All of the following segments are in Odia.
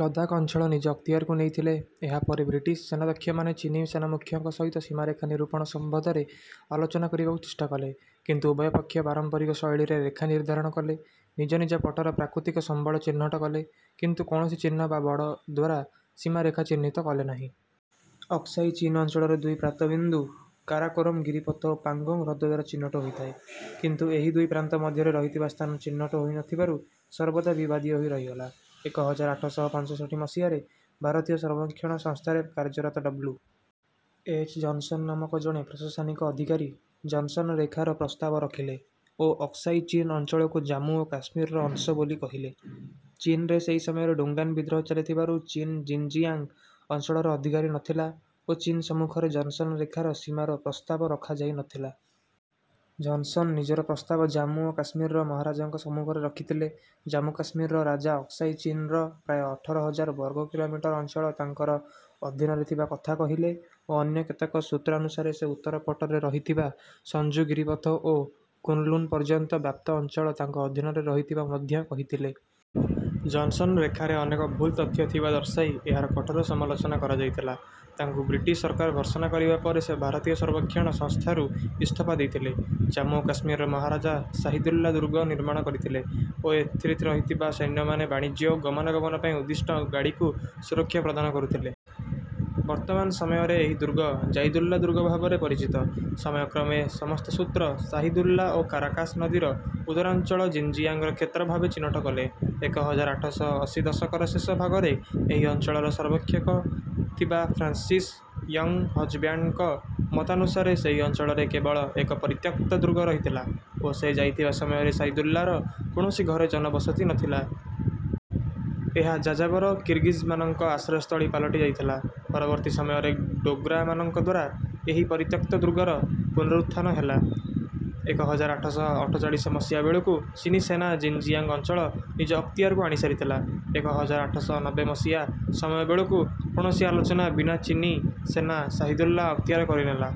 ଲଦାଖ୍ ଅଞ୍ଚଳ ନିଜ ଅକ୍ତିଆରକୁ ନେଇଥିଲେ। ଏହାପରେ ବ୍ରିଟିଶ୍ ସେନାଧ୍ୟକ୍ଷମାନେ ଚୀନୀ ସେନାମୁଖ୍ୟଙ୍କ ସହିତ ସୀମାରେଖା ନିରୂପଣ ସମ୍ବନ୍ଧରେ ଆଲୋଚନା କରିବାକୁ ଚେଷ୍ଟା କଲେ। କିନ୍ତୁ ଉଭୟ ପକ୍ଷ ପାରମ୍ପରିକ ଶୈଳୀରେ ରେଖା ନିର୍ଦ୍ଧାରଣ କଲେ, ନିଜ ନିଜ ପଟର ପ୍ରାକୃତିକ ସମ୍ବଳ ଚିହ୍ନଟ କଲେ, କିନ୍ତୁ କୌଣସି ଚିହ୍ନ ବା ବଡ଼ ଦ୍ୱାରା ସୀମାରେଖା ଚିହ୍ନିତ କଲେ ନାହିଁ। ଅକ୍ସାଇ ଚୀନ୍ ଅଞ୍ଚଳର ଦୁଇ ପ୍ରାନ୍ତବିନ୍ଦୁ କାରାକୋରମ୍ ଗିରିପଥ ଓ ପାଙ୍ଗୋଙ୍ଗ୍ ହ୍ରଦ ଦ୍ୱାରା ଚିହ୍ନଟ ହୋଇଥାଏ। କିନ୍ତୁ ଏହି ଦୁଇ ପ୍ରାନ୍ତ ମଧ୍ୟରେ ରହିଥିବା ସ୍ଥାନ ଚିହ୍ନଟ ହୋଇ ନ ଥିବାରୁ ସର୍ବଦା ବିବାଦୀୟ ହୋଇ ରହିଗଲା। ଏକ ହଜାର ଆଠ ଶହ ପଞ୍ଚଷଠି ମସିହାରେ ଭାରତୀୟ ସର୍ବେକ୍ଷଣ ସଂସ୍ଥାରେ କାର୍ଯ୍ୟରତ ଡବ୍ଲୁ. ଏଚ୍. ଜନ୍‌ସନ୍ ନାମକ ଜଣେ ପ୍ରଶାସନିକ ଅଧିକାରୀ “ଜନ୍‌ସନ୍ ରେଖା”ର ପ୍ରସ୍ତାବ ରଖିଲେ ଓ ଅକ୍ସାଇ ଚୀନ୍ ଅଞ୍ଚଳକୁ ଜାମ୍ମୁ ଓ କାଶ୍ମୀରର ଅଂଶ ବୋଲି କହିଲେ। ଚୀନରେ ସେହି ସମୟରେ ଡୁଙ୍ଗାନ୍ ବିଦ୍ରୋହ ଚାଲିଥିବାରୁ ଚୀନ୍ ଜିନ୍-ଜିଆଙ୍ଗ୍ ଅଞ୍ଚଳର ଅଧିକାରୀ ନ ଥିଲା ଓ ଚୀନ୍ ସମ୍ମୁଖରେ ଜନ୍‌ସନ୍ ରେଖାର ସୀମାର ପ୍ରସ୍ତାବ ରଖାଯାଇ ନ ଥିଲା। ଜନ୍‌ସନ୍ ନିଜର ପ୍ରସ୍ତାବ ଜାମ୍ମୁ ଓ କାଶ୍ମୀରର ମହାରାଜାଙ୍କ ସମ୍ମୁଖରେ ରଖିଥିଲେ। ଜାମ୍ମୁ କାଶ୍ମୀରର ରାଜା ଅକ୍ସାଇ ଚୀନ୍‌ର ପ୍ରାୟ ଅଠର ହଜାର ବର୍ଗ କିଲୋମିଟର ଅଞ୍ଚଳ ତାଙ୍କର ଅଧୀନରେ ଥିବା କଥା କହିଲେ ଓ ଅନ୍ୟ କେତେକ ସୂତ୍ରାନୁସାରେ ସେ ଉତ୍ତର ପଟରେ ରହିଥିବା ସଂଜୁ ଗିରିପଥ ଓ କୁନ୍ ଲୁନ୍ ପର୍ଯ୍ୟନ୍ତ ବ୍ୟାପ୍ତ ଅଞ୍ଚଳ ତାଙ୍କ ଅଧୀନରେ ରହିଥିବା ମଧ୍ୟ କହିଥିଲେ। ଜନ୍‌ସନ୍ ରେଖାରେ ଅନେକ ଭୁଲ ତଥ୍ୟ ଥିବା ଦର୍ଶାଇ ଏହାର କଠୋର ସମାଲୋଚନା କରାଯାଇଥିଲା। ତାଙ୍କୁ ବ୍ରିଟିଶ୍ ସରକାର ଭର୍ତ୍ସନା କରିବା ପରେ ସେ ଭାରତୀୟ ସର୍ବେକ୍ଷଣ ସଂସ୍ଥାରୁ ଇସ୍ତଫା ଦେଇଥିଲେ। ଜାମ୍ମୁ ଓ କାଶ୍ମୀରର ମହାରାଜା ଶାହିଦୁଲ୍ଲା ଦୁର୍ଗ ନିର୍ମାଣ କରିଥିଲେ ଓ ଏଥିରେ ରହିଥିବା ସୈନ୍ୟମାନେ ବାଣିଜ୍ୟ ଓ ଗମନାଗମନ ପାଇଁ ଉଦ୍ଦିଷ୍ଟ ଗାଡ଼ିକୁ ସୁରକ୍ଷା ପ୍ରଦାନ କରୁଥିଲେ। ବର୍ତ୍ତମାନ ସମୟରେ ଏହି ଦୁର୍ଗ ଜାଇଦୁଲ୍ଲା ଦୁର୍ଗ ଭାବରେ ପରିଚିତ। ସମୟକ୍ରମେ ସମସ୍ତ ସୂତ୍ର ଶାହିଦୁଲ୍ଲା ଓ କାରାକାଶ୍ ନଦୀର ଉତ୍ତରାଞ୍ଚଳ ଜିନ୍‌ଜିଆଙ୍ଗ୍‌ର କ୍ଷେତ୍ର ଭାବେ ଚିହ୍ନଟ କଲେ। ଏକ ହଜାର ଆଠ ଶହ ଅଶୀ ଦଶକର ଶେଷ ଭାଗରେ ଏହି ଅଞ୍ଚଳର ସର୍ବେକ୍ଷକ ଥିବା ଫ୍ରାନ୍ସିସ୍ ୟଙ୍ଗ୍‌ହଜ୍‌ବ୍ୟାଣ୍ଡଙ୍କ ମତାନୁସାରେ ସେହି ଅଞ୍ଚଳରେ କେବଳ ଏକ ପରିତ୍ୟକ୍ତ ଦୁର୍ଗ ରହିଥିଲା ଓ ସେ ଯାଇଥିବା ସମୟରେ ଶାହିଦୁଲ୍ଲାର କୌଣସି ଘରେ ଜନବସତି ନ ଥିଲା। ଏହା ଯାଯାବର କିର୍‌ଗିଜ୍‌ମାନଙ୍କ ଆଶ୍ରୟସ୍ଥଳୀ ପାଲଟି ଯାଇଥିଲା। ପରବର୍ତ୍ତୀ ସମୟରେ ଡୋଗ୍ରାମାନଙ୍କ ଦ୍ୱାରା ଏହି ପରିତ୍ୟକ୍ତ ଦୁର୍ଗର ପୁନରୁତ୍ଥାନ ହେଲା। ଏକ ହଜାର ଆଠ ଶହ ଅଠଚାଳିଶ ମସିହା ବେଳକୁ ଚୀନୀ ସେନା ଜିନ୍‌ଜିଆଙ୍ଗ୍ ଅଞ୍ଚଳ ନିଜ ଅକ୍ତିଆରକୁ ଆଣିସାରିଥିଲା। ଏକ ହଜାର ଆଠ ଶହ ନବେ ମସିହା ସମୟ ବେଳକୁ କୌଣସି ଆଲୋଚନା ବିନା ଚୀନୀ ସେନା ଶାହିଦୁଲ୍ଲା ଅକ୍ତିଆର କରିନେଲା।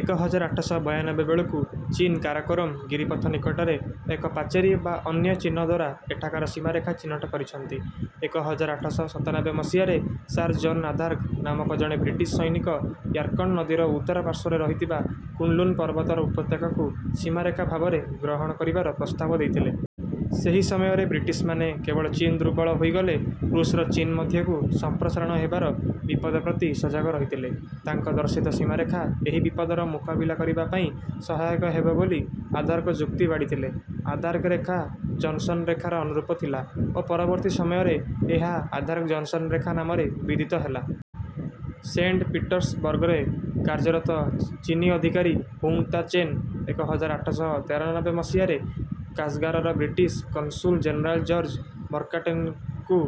ଏକ ହଜାର ଆଠ ଶହ ବୟାନବେ ବେଳକୁ ଚୀନ୍ କାରାକୋରମ୍ ଗିରିପଥ ନିକଟରେ ଏକ ପାଚେରୀ ବା ଅନ୍ୟ ଚିହ୍ନ ଦ୍ୱାରା ଏଠାକାର ସୀମାରେଖା ଚିହ୍ନଟ କରିଛନ୍ତି। ଏକ ହଜାର ଆଠ ଶହ ସତାନବେ ମସିହାରେ ସାର୍ ଜନ୍ ଆର୍ଦାଘ୍ ନାମକ ଜଣେ ବ୍ରିଟିଶ୍ ସୈନିକ ୟାର୍କଣ୍ଡ୍ ନଦୀର ଉତ୍ତର ପାର୍ଶ୍ୱରେ ରହିଥିବା କୁନ୍‌ଲୁନ୍ ପର୍ବତର ଉପତ୍ୟକାକୁ ସୀମାରେଖା ଭାବେ ଗ୍ରହଣ କରିବାର ପ୍ରସ୍ତାବ ଦେଇଥିଲେ। ସେହି ସମୟରେ ବ୍ରିଟିଶ୍‌ମାନେ କେବଳ ଚୀନ୍ ଦୁର୍ବଳ ହୋଇଗଲେ ଋଷ୍‌ର ଚୀନ୍ ମଧ୍ୟକୁ ସଂପ୍ରସାରଣ ହେବାର ବିପଦ ପ୍ରତି ସଜାଗ ରହିଥିଲେ। ତାଙ୍କ ଦର୍ଶିତ ସୀମାରେଖା ଏହି ବିପଦର ମୁକାବିଲା କରିବା ପାଇଁ ସହାୟକ ହେବ ବୋଲି ଆର୍ଦାଘ୍ ଯୁକ୍ତି ବାଢ଼ିଥିଲେ। ଆର୍ଦାଘ୍ ରେଖା ଜନ୍‌ସନ୍ ରେଖାର ଅନୁରୂପ ଥିଲା ଓ ପରବର୍ତ୍ତୀ ସମୟରେ ଏହା “ଆର୍ଦାଘ୍-ଜନ୍‌ସନ୍ ରେଖା” ନାମରେ ବିଦିତ ହେଲା। ସେଣ୍ଟ୍ ପିଟର୍ସବର୍ଗ୍‌ରେ କାର୍ଯ୍ୟରତ ଚୀନୀ ଅଧିକାରୀ ହୁଙ୍ଗ୍ ତା-ଚେନ୍ ଏକ ହଜାର ଆଠ ଶହ ତେରାନବେ ମସିହାରେ କାଶ୍‌ଗାର୍‌ର ବ୍ରିଟିଶ୍ କନ୍‌ସୁଲ୍ ଜେନେରାଲ୍ ଜର୍ଜ୍ ମକାର୍ଟ୍‌ନେଙ୍କୁ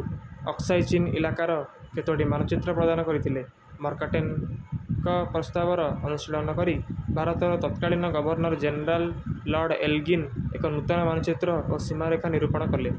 ଅକ୍ସାଇ ଚୀନ୍ ଇଲାକାର କେତୋଟି ମାନଚିତ୍ର ପ୍ରଦାନ କରିଥିଲେ। ମକାର୍ଟ୍‌ନେଙ୍କ ପ୍ରସ୍ତାବର ଅନୁଶୀଳନ କରି ଭାରତର ତତ୍କାଳୀନ ଗଭର୍ଣ୍ଣର୍ ଜେନେରାଲ୍ ଲର୍ଡ୍ ଏଲ୍‌ଗିନ୍ ଏକ ନୂତନ ମାନଚିତ୍ର ଓ ସୀମାରେଖା ନିରୂପଣ କଲେ।